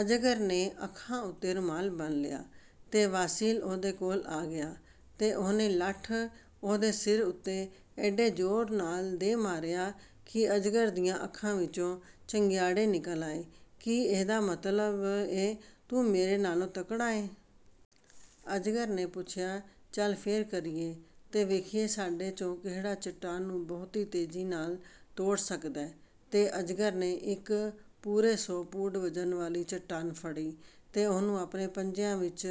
ਅਜਗਰ ਨੇ ਅੱਖਾਂ ਉੱਤੇ ਰੁਮਾਲ ਬੰਨ੍ਹ ਲਿਆ, ਤੇ ਵਾਸੀਲ ਉਹਦੇ ਕੋਲ ਆ ਗਿਆ ਤੇ ਉਹਨੇ ਲੱਠ ਉਹਦੇ ਸਿਰ ਉੱਤੇ ਏਡੇ ਜ਼ੋਰ ਨਾਲ ਦੇ ਮਾਰਿਆ ਕਿ ਅਜਗਰ ਦੀਆਂ ਅੱਖਾਂ ਵਿਚੋਂ ਚੰਗਿਆੜੇ ਨਿਕਲ ਆਏ। “ਕੀ ਇਹਦਾ ਮਤਲਬ ਏ, ਤੂੰ ਮੇਰੇ ਨਾਲੋਂ ਤਕੜਾ ਏ?” ਅਜਗਰ ਨੇ ਪੁੱਛਿਆ। “ਚਲ, ਫੇਰ ਕਰੀਏ ਤੇ ਵੇਖੀਏ ਸਾਡੇ ’ਚੋਂ ਕਿਹੜਾ ਚਟਾਨ ਨੂੰ ਬਹੁਤੀ ਤੇਜ਼ੀ ਨਾਲ ਤੋੜ ਸਕਦੈ।” ਤੇ ਅਜਗਰ ਨੇ ਇੱਕ ਪੂਰੇ ਸੌ ਪੂਡ ਵਜ਼ਨ ਵਾਲੀ ਚਟਾਨ ਫੜੀ ਤੇ ਉਹਨੂੰ ਆਪਣੇ ਪੰਜਿਆਂ ਵਿੱਚ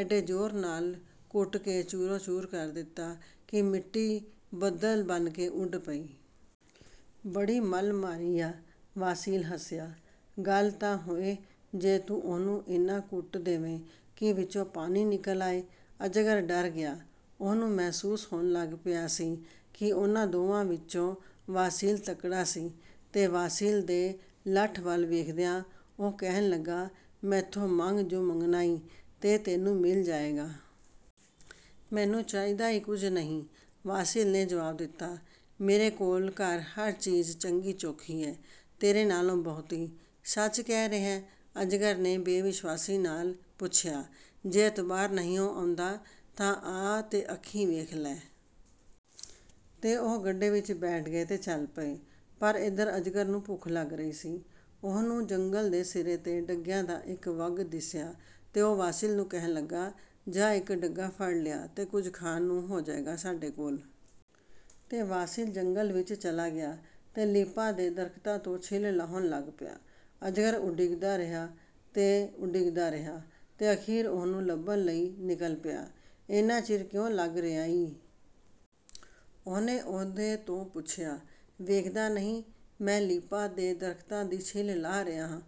ਏਡੇ ਜ਼ੋਰ ਨਾਲ ਘੁੱਟ ਕੇ ਚੂਰੋ-ਚੂਰ ਕਰ ਦਿੱਤਾ ਕਿ ਮਿੱਟੀ ਬੱਦਲ ਬਣ ਕੇ ਉੱਡ ਪਈ। “ਬੜੀ ਮੱਲ ਮਾਰੀ ਆ!” ਵਾਸੀਲ ਹੱਸਿਆ। “ਗੱਲ ਤਾਂ ਹੋਏ ਜੇ ਤੂੰ ਉਹਨੂੰ ਏਨਾ ਘੁੱਟ ਦੇਵੇਂ ਕਿ ਵਿਚੋਂ ਪਾਣੀ ਨਿਕਲ ਆਏ।” ਅਜਗਰ ਡਰ ਗਿਆ। ਉਹਨੂੰ ਮਹਿਸੂਸ ਹੋਣ ਲੱਗ ਪਿਆ ਸੀ ਕਿ ਉਹਨਾਂ ਦੋਵਾਂ ਵਿਚੋਂ ਵਾਸੀਲ ਤਕੜਾ ਸੀ, ਤੇ ਵਾਸੀਲ ਦੇ ਲੱਠ ਵੱਲ ਵੇਖਦਿਆਂ ਉਹ ਕਹਿਣ ਲੱਗਾ, “ਮੈਥੋਂ ਮੰਗ ਜੁ ਮੰਗਣਾ ਈਂ, ਤੇ ਤੈਨੂੰ ਮਿਲ ਜਾਏਗਾ।” “ਮੈਨੂੰ ਚਾਹੀਦਾ ਈ ਕੁਝ ਨਹੀਂ,” ਵਾਸੀਲ ਨੇ ਜਵਾਬ ਦਿੱਤਾ। “ਮੇਰੇ ਕੋਲ ਘਰ ਹਰ ਚੀਜ਼ ਚੰਗੀ-ਚੋਖੀ ਏ, ਤੇਰੇ ਨਾਲੋਂ ਬਹੁਤੀ।” “ਸੱਚ ਕਹਿ ਰਿਹੈਂ?” ਅਜਗਰ ਨੇ ਬੇਵਿਸ਼ਵਾਸੀ ਨਾਲ ਪੁੱਛਿਆ। “ਜੇ ਅਤਬਾਰ ਨਹੀਂਉਂ ਆਉਂਦਾ, ਤਾਂ ਆ ਤੇ ਅੱਖੀਂ ਵੇਖ ਲੈ!” ਤੇ ਉਹ ਗੱਡੇ ਵਿੱਚ ਬੈਠ ਗਏ ਤੇ ਚੱਲ ਪਏ। ਪਰ ਏਧਰ ਅਜਗਰ ਨੂੰ ਭੁੱਖ ਲੱਗ ਰਹੀ ਸੀ। ਉਹਨੂੰ ਜੰਗਲ ਦੇ ਸਿਰੇ ’ਤੇ ਢੱਗਿਆਂ ਦਾ ਇੱਕ ਵੱਗ ਦਿਸਿਆ ਤੇ ਉਹ ਵਾਸੀਲ ਨੂੰ ਕਹਿਣ ਲੱਗਾ, “ਜਾ, ਇੱਕ ਢੱਗਾ ਫੜ ਲਿਆ, ਤੇ ਕੁਝ ਖਾਣ ਨੂੰ ਹੋ ਜਾਏਗਾ ਸਾਡੇ ਕੋਲ। ਤੇ ਵਾਸੀਲ ਜੰਗਲ ਵਿੱਚ ਚਲਾ ਗਿਆ ਤੇ ਲੀਪਾ ਦੇ ਦਰਖ਼ਤਾਂ ਤੋਂ ਛਿੱਲ ਲਾਹੁਣ ਲੱਗ ਪਿਆ। ਅਜਗਰ ਉਡੀਕਦਾ ਰਿਹਾ ਤੇ ਉਡੀਕਦਾ ਰਿਹਾ ਤੇ ਅਖ਼ੀਰ ਉਹਨੂੰ ਲੱਭਣ ਲਈ ਨਿਕਲ ਪਿਆ। “ਏਨਾ ਚਿਰ ਕਿਉਂ ਲੱਗ ਰਿਹਾ ਈ?” ਉਹਨੇ ਉਹਦੇ ਤੋਂ ਪੁੱਛਿਆ। “ਵੇਖਦਾ ਨਹੀਂ, ਮੈਂ ਲੀਪਾ ਦੇ ਦਰਖ਼ਤਾਂ ਦੀ ਛਿੱਲ ਲਾਹ ਰਿਹਾਂ,”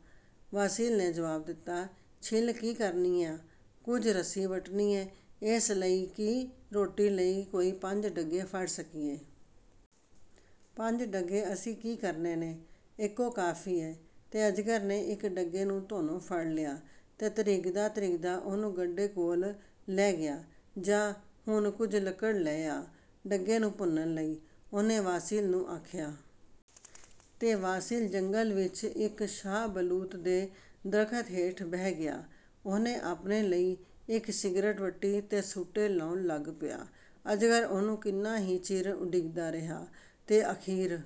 ਵਾਸੀਲ ਨੇ ਜਵਾਬ ਦਿੱਤਾ। “ਛਿੱਲ ਕੀ ਕਰਨੀ ਆਂ?” “ਕੁਝ ਰੱਸੀ ਵੱਟਣੀ ਏ, ਏਸ ਲਈ ਕਿ ਰੋਟੀ ਲਈ ਕੋਈ ਪੰਜ ਢੱਗੇ ਫੜ ਸਕੀਏ।” “ਪੰਜ ਢੱਗੇ ਅਸੀਂ ਕੀ ਕਰਨੇ ਨੇ? ਇਕੋ ਕਾਫ਼ੀ ਏ।” ਤੇ ਅਜਗਰ ਨੇ ਇੱਕ ਢੱਗੇ ਨੂੰ ਧੌਣੋਂ ਫੜ ਲਿਆ ਤੇ ਧਰੀਕਦਾ-ਧਰੀਕਦਾ ਉਹਨੂੰ ਗੱਡੇ ਕੋਲ ਲੈ ਗਿਆ। "ਜਾ, ਹੁਣ ਕੁਝ ਲੱਕੜ ਲੈ ਆ, ਢੱਗੇ ਨੂੰ ਭੁੰਨਣ ਲਈ,” ਉਹਨੇ ਵਾਸੀਲ ਨੂੰ ਆਖਿਆ। ਤੇ ਵਾਸੀਲ ਜੰਗਲ ਵਿੱਚ ਇੱਕ ਸ਼ਾਹ-ਬਲੂਤ ਦੇ ਦਰਖ਼ਤ ਹੇਠ ਬਹਿ ਗਿਆ। ਉਹਨੇ ਆਪਣੇ ਲਈ ਇੱਕ ਸਿਗਰਟ ਵੱਟੀ ਤੇ ਸੂਟੇ ਲਾਉਣ ਲੱਗ ਪਿਆ। ਅਜਗਰ ਉਹਨੂੰ ਕਿੰਨਾ ਹੀ ਚਿਰ ਉਡੀਕਦਾ ਰਿਹਾ, ਤੇ ਅਖ਼ੀਰ